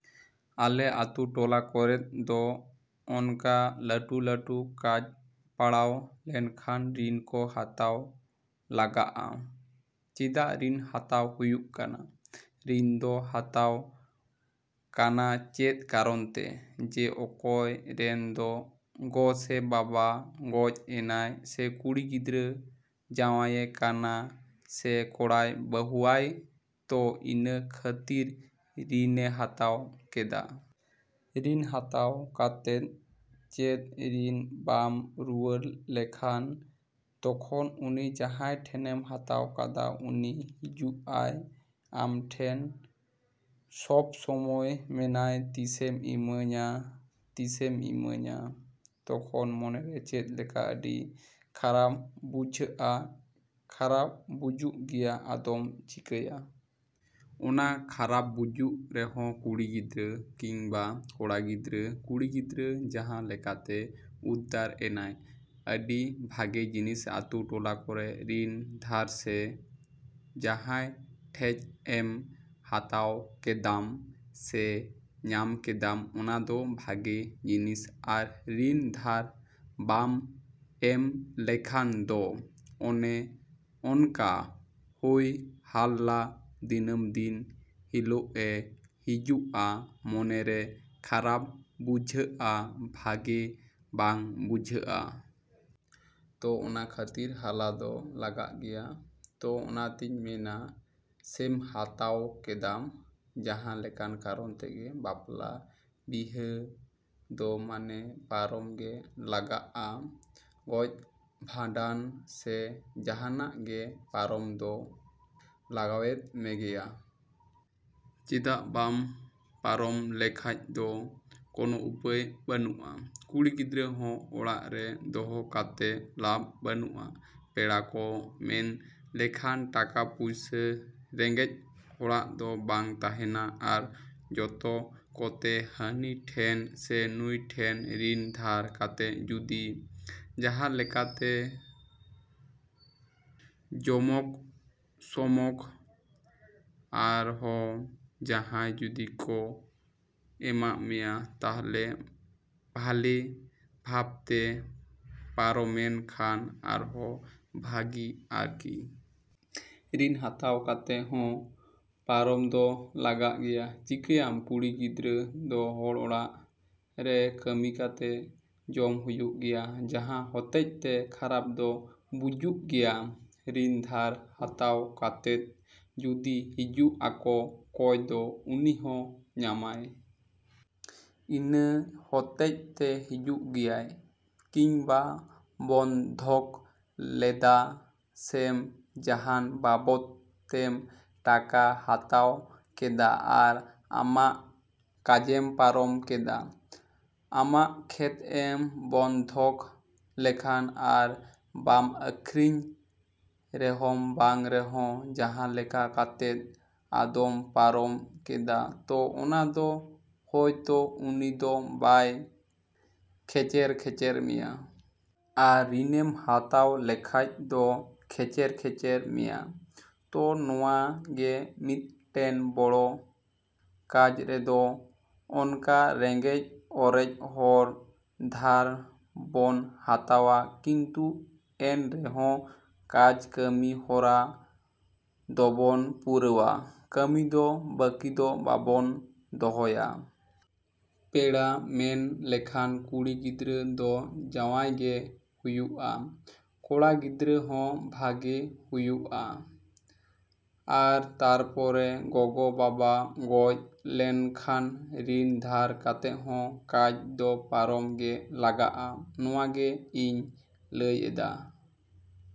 ᱟᱞᱮ ᱟᱛᱳ ᱴᱚᱞᱟ ᱠᱚᱨᱮᱫ ᱫᱚ ᱚᱱᱠᱟ ᱞᱟᱴᱩ ᱞᱟᱴᱩ ᱠᱟᱡᱽ ᱯᱟᱲᱟᱣ ᱞᱮᱱᱠᱷᱟᱱ ᱨᱤᱱ ᱠᱚ ᱦᱟᱛᱟᱣ ᱞᱟᱜᱟᱜᱼᱟ᱾ ᱪᱮᱫᱟᱜ ᱨᱤᱱ ᱦᱟᱛᱟᱣ ᱦᱩᱭᱩᱜ ᱠᱟᱱᱟ? ᱨᱤᱱ ᱫᱚ ᱦᱟᱛᱟᱣ ᱠᱟᱱᱟ ᱪᱮᱫ ᱠᱟᱨᱚᱱ ᱛᱮ? ᱡᱮ ᱚᱠᱚᱭ ᱨᱮᱱ ᱫᱚ ᱜᱚ ᱥᱮ ᱵᱟᱵᱟ ᱜᱚᱡ ᱮᱱᱟᱭ ᱥᱮ ᱠᱩᱲᱤ ᱜᱤᱫᱽᱨᱟᱹ ᱡᱟᱶᱟᱭᱮ ᱠᱟᱱᱟ ᱥᱮ ᱠᱚᱲᱟᱭ ᱵᱟᱦᱩᱣᱟᱭ ᱛᱚ ᱤᱱᱟᱹ ᱠᱷᱟᱹᱛᱤᱨ ᱨᱤᱱᱮ ᱦᱟᱛᱟᱣ ᱠᱮᱫᱟ᱾ ᱨᱤᱱ ᱦᱟᱛᱟᱣ ᱠᱟᱛᱮᱫ ᱪᱮᱫ ᱨᱤᱱ ᱵᱟᱢ ᱨᱩᱣᱟᱹᱲ ᱞᱮᱠᱷᱟᱱ ᱛᱚᱠᱷᱚᱱ ᱩᱱᱤ ᱡᱟᱦᱟᱭ ᱴᱷᱮᱱᱮᱢ ᱦᱟᱛᱟᱣ ᱠᱟᱫᱟ ᱩᱱᱤ ᱦᱤᱡᱩᱜᱼᱟᱭ ᱟᱢᱴᱷᱮᱱ ᱥᱚᱵᱥᱚᱢᱚᱭ ᱢᱮᱱᱟᱭ ᱛᱤᱥᱮᱢ ᱤᱢᱟᱹᱧᱟ ᱛᱤᱥᱮᱢ ᱤᱢᱟᱹᱧᱟ? ᱛᱚᱠᱷᱚᱱ ᱢᱚᱱᱮᱨᱮ ᱪᱮᱫ ᱞᱮᱠᱟ ᱟᱹᱰᱤ ᱠᱷᱟᱨᱟᱯ ᱵᱩᱡᱷᱟᱹᱜᱼᱟ ᱠᱷᱟᱨᱟᱯ ᱵᱩᱡᱩᱜ ᱜᱮᱭᱟ ᱟᱫᱚᱢ ᱪᱤᱠᱟᱹᱭᱟ᱾ ᱚᱱᱟ ᱠᱷᱟᱨᱟᱯ ᱵᱩᱡᱩᱜ ᱨᱮᱦᱚᱸ ᱠᱩᱲᱤ ᱜᱤᱫᱽᱨᱟᱹ ᱠᱤᱝᱵᱟ ᱠᱚᱲᱟ ᱜᱤᱫᱽᱨᱟᱹ ᱠᱩᱲᱤ ᱜᱤᱫᱽᱨᱟᱹ ᱡᱟᱦᱟᱸ ᱞᱮᱠᱟᱛᱮ ᱩᱫᱫᱟᱨ ᱮᱱᱟᱭ ᱾ ᱟᱹᱰᱤ ᱵᱷᱟᱜᱮ ᱡᱤᱱᱤᱥ ᱟᱛᱳ ᱴᱚᱞᱟ ᱠᱚᱨᱮ ᱨᱤᱱ ᱫᱷᱟᱨ ᱥᱮ ᱡᱟᱦᱟᱭ ᱴᱷᱮᱡ ᱮᱢ ᱦᱟᱛᱟᱣ ᱠᱮᱫᱟᱢ ᱥᱮ ᱧᱟᱢ ᱠᱮᱫᱟᱢ ᱚᱱᱟ ᱫᱚ ᱵᱷᱟᱜᱮ ᱡᱤᱱᱤᱥ ᱟᱨ ᱨᱤᱱ ᱫᱷᱟᱨ ᱵᱟᱢ ᱮᱢ ᱞᱮᱠᱷᱟᱱ ᱫᱚ ᱚᱱᱮ ᱚᱱᱠᱟ ᱦᱳᱭ ᱦᱟᱞᱞᱟ ᱫᱤᱱᱟᱹᱢ ᱫᱤᱱ ᱦᱤᱞᱳᱜ ᱮ ᱦᱤᱡᱩᱜᱼᱟ ᱢᱚᱱᱮ ᱨᱮ ᱠᱷᱟᱨᱟᱯ ᱵᱩᱡᱟᱹᱜᱼᱟ ᱵᱷᱟᱜᱮ ᱵᱟᱝ ᱵᱩᱡᱟᱹᱜᱼᱟ᱾ ᱛᱚ ᱚᱱᱟ ᱠᱷᱟᱹᱛᱤᱨ ᱦᱟᱞᱟ ᱫᱚ ᱞᱟᱜᱟᱜ ᱜᱮᱭᱟ᱾ ᱛᱚ ᱚᱱᱟ ᱛᱮᱧ ᱢᱮᱱᱟ ᱥᱮᱢ ᱦᱟᱛᱟᱣ ᱠᱮᱫᱟᱢ ᱡᱟᱦᱟ ᱞᱮᱠᱟᱱ ᱠᱟᱨᱚᱱ ᱛᱮᱜᱮ ᱵᱟᱯᱞᱟ ᱵᱤᱦᱟᱹ ᱫᱚ ᱢᱟᱱᱮ ᱯᱟᱨᱚᱢ ᱜᱮ ᱞᱟᱜᱟᱜᱼᱟ᱾ ᱜᱚᱡ ᱵᱷᱟᱸᱰᱟᱱ ᱥᱮ ᱡᱟᱦᱟᱱᱟᱜ ᱜᱮ ᱯᱟᱨᱚᱢ ᱫᱚ ᱞᱟᱜᱟᱣᱮᱫ ᱢᱮᱜᱮᱭᱟ᱾ ᱪᱮᱫᱟᱜ ᱵᱟᱢ ᱯᱟᱨᱚᱢ ᱞᱮᱠᱷᱟᱡ ᱫᱚ ᱠᱚᱱᱚ ᱩᱯᱟᱹᱭ ᱵᱟᱱᱩᱜᱼᱟ᱾ ᱠᱩᱲᱤ ᱜᱤᱫᱽᱨᱟᱹ ᱦᱚᱸ ᱚᱲᱟᱜ ᱨᱮ ᱫᱚᱦᱚ ᱠᱟᱛᱮ ᱞᱟᱵ ᱵᱟᱹᱱᱩᱜᱼᱟ᱾ ᱯᱮᱲᱟ ᱠᱚ ᱢᱮᱱ ᱞᱮᱠᱷᱟᱱ ᱴᱟᱠᱟ ᱯᱩᱭᱥᱟᱹ ᱨᱮᱸᱜᱮᱡ ᱦᱚᱲᱟᱜ ᱫᱚ ᱵᱟᱝ ᱛᱟᱦᱮᱱᱟ᱾ ᱟᱨ ᱡᱚᱛᱚ ᱠᱚᱛᱮ ᱦᱟᱹᱱᱤ ᱴᱷᱮᱱ ᱥᱮ ᱱᱩᱭ ᱴᱷᱮᱱ ᱨᱤᱱ ᱫᱷᱟᱨ ᱠᱟᱛᱮ ᱡᱩᱫᱤ ᱡᱟᱦᱟᱞᱮᱠᱟ ᱛᱮ ᱡᱚᱢᱚᱠ ᱥᱚᱢᱚᱠ ᱟᱨᱦᱚ ᱡᱟᱦᱟᱭ ᱡᱩᱫᱤ ᱠᱚ ᱮᱢᱟᱜ ᱢᱮᱭᱟ ᱛᱟᱦᱞᱮ ᱵᱷᱟᱞᱮ ᱵᱷᱟᱵᱛᱮ ᱯᱟᱨᱚᱢᱮᱱ ᱠᱷᱟᱱ ᱟᱨᱦᱚ ᱵᱷᱟᱜᱤ ᱟᱨᱠᱤ᱾ ᱨᱤᱱ ᱦᱟᱛᱟᱣ ᱠᱟᱛᱮ ᱦᱚᱸ ᱯᱟᱨᱚᱢ ᱫᱚ ᱞᱟᱜᱟᱜ ᱜᱮᱭᱟ᱾ ᱪᱤᱠᱟᱹᱭᱟᱢ ᱠᱩᱲᱤ ᱜᱤᱫᱽᱨᱟᱹ ᱫᱚ ᱦᱚᱲ ᱚᱲᱟᱜ ᱨᱮ ᱠᱟᱹᱢᱤ ᱠᱟᱛᱮ ᱡᱚᱢ ᱦᱩᱭᱩᱜ ᱜᱮᱭᱟ᱾ ᱡᱟᱦᱟᱸ ᱦᱚᱛᱮᱡ ᱛᱮ ᱠᱷᱟᱨᱟᱯ ᱫᱚ ᱵᱩᱡᱩᱜ ᱜᱮᱭᱟ᱾ ᱨᱤᱱ ᱫᱷᱟᱨ ᱦᱟᱛᱟᱣ ᱠᱟᱛᱮᱫ ᱡᱩᱫᱤ ᱦᱤᱡᱩᱜ ᱟᱠᱚ ᱠᱚᱭ ᱫᱚ ᱩᱱᱤᱦᱚᱸ ᱧᱟᱢᱟᱭ᱾ ᱤᱱᱟᱹ ᱦᱚᱛᱮᱡ ᱛᱮ ᱦᱤᱡᱩᱜ ᱜᱮᱭᱟᱭ᱾ ᱠᱤᱝᱵᱟ ᱵᱚᱱᱫᱷᱚᱠ ᱞᱮᱫᱟ ᱥᱮᱢ ᱡᱟᱦᱟᱱ ᱵᱟᱵᱚᱛ ᱛᱮᱢ ᱴᱟᱠᱟ ᱦᱟᱛᱟᱣ ᱠᱮᱫᱟ ᱟᱨ ᱟᱢᱟᱜ ᱠᱟᱡᱮᱢ ᱯᱟᱨᱚᱢ ᱠᱮᱫᱟ᱾ ᱟᱢᱟᱜ ᱠᱷᱮᱛ ᱮᱢ ᱵᱚᱱᱫᱷᱚᱠ ᱞᱮᱠᱷᱟᱱ ᱟᱨ ᱵᱟᱢ ᱟᱹᱠᱷᱨᱤᱧ ᱨᱮᱦᱚᱢ ᱵᱟᱝ ᱨᱮᱦᱚᱸ ᱡᱟᱦᱟᱸ ᱞᱮᱠᱟ ᱠᱟᱛᱮᱫ ᱟᱫᱚᱢ ᱯᱟᱨᱚᱢ ᱠᱮᱫᱟ ᱛᱚ ᱚᱱᱟ ᱫᱚ ᱦᱳᱭᱛᱚ ᱩᱱᱤ ᱫᱚ ᱵᱟᱭ ᱠᱷᱮᱪᱮᱨ ᱠᱷᱮᱪᱮᱨ ᱢᱮᱭᱟ᱾ ᱟᱨ ᱨᱤᱱᱮᱢ ᱦᱟᱛᱟᱣ ᱞᱮᱠᱷᱟᱡ ᱫᱚ ᱠᱷᱮᱪᱮᱨ ᱠᱷᱮᱪᱮᱨ ᱢᱮᱭᱟ᱾ ᱛᱚ ᱱᱚᱣᱟ ᱜᱮ ᱢᱤᱫᱴᱮᱱ ᱵᱚᱲᱚ ᱠᱟᱡᱽ ᱨᱮᱫᱚ ᱚᱱᱠᱟ ᱨᱮᱸᱜᱮᱡ ᱚᱨᱮᱡ ᱦᱚᱲ ᱫᱷᱟᱨ ᱵᱚᱱ ᱦᱟᱛᱟᱣᱟ ᱠᱤᱱᱛᱩ ᱮᱱ ᱨᱮᱦᱚᱸ ᱠᱟᱡᱽ ᱠᱟᱹᱢᱤ ᱦᱚᱨᱟ ᱫᱚᱵᱚᱱ ᱯᱩᱨᱟᱹᱣᱟ᱾ ᱠᱟᱹᱢᱤ ᱫᱚ ᱵᱟᱹᱠᱤ ᱫᱚ ᱵᱟᱵᱚᱱ ᱫᱚᱦᱚᱭᱟ᱾ ᱯᱮᱲᱟ ᱢᱮᱱ ᱞᱮᱠᱷᱟᱱ ᱠᱩᱲᱤ ᱜᱤᱫᱽᱨᱟᱹ ᱫᱚ ᱡᱟᱶᱟᱭ ᱜᱮ ᱦᱩᱭᱩᱜᱼᱟ ᱠᱚᱲᱟ ᱜᱤᱫᱽᱨᱟᱹ ᱦᱚᱸ ᱵᱷᱟᱜᱮ ᱦᱩᱭᱩᱜᱼᱟ᱾ ᱟᱨ ᱛᱟᱨ ᱯᱚᱨᱮ ᱜᱚᱜᱚ ᱵᱟᱵᱟ ᱜᱚᱡ ᱞᱮᱱᱠᱷᱟᱱ ᱨᱤᱱ ᱫᱷᱟᱨ ᱠᱟᱛᱮ ᱦᱚᱸ ᱠᱟᱡᱽ ᱫᱚ ᱯᱟᱨᱚᱢ ᱜᱮ ᱞᱟᱜᱟᱜᱼᱟ᱾ ᱱᱚᱣᱟ ᱜᱮ ᱤᱧ ᱞᱟᱹᱭ ᱮᱫᱟ᱾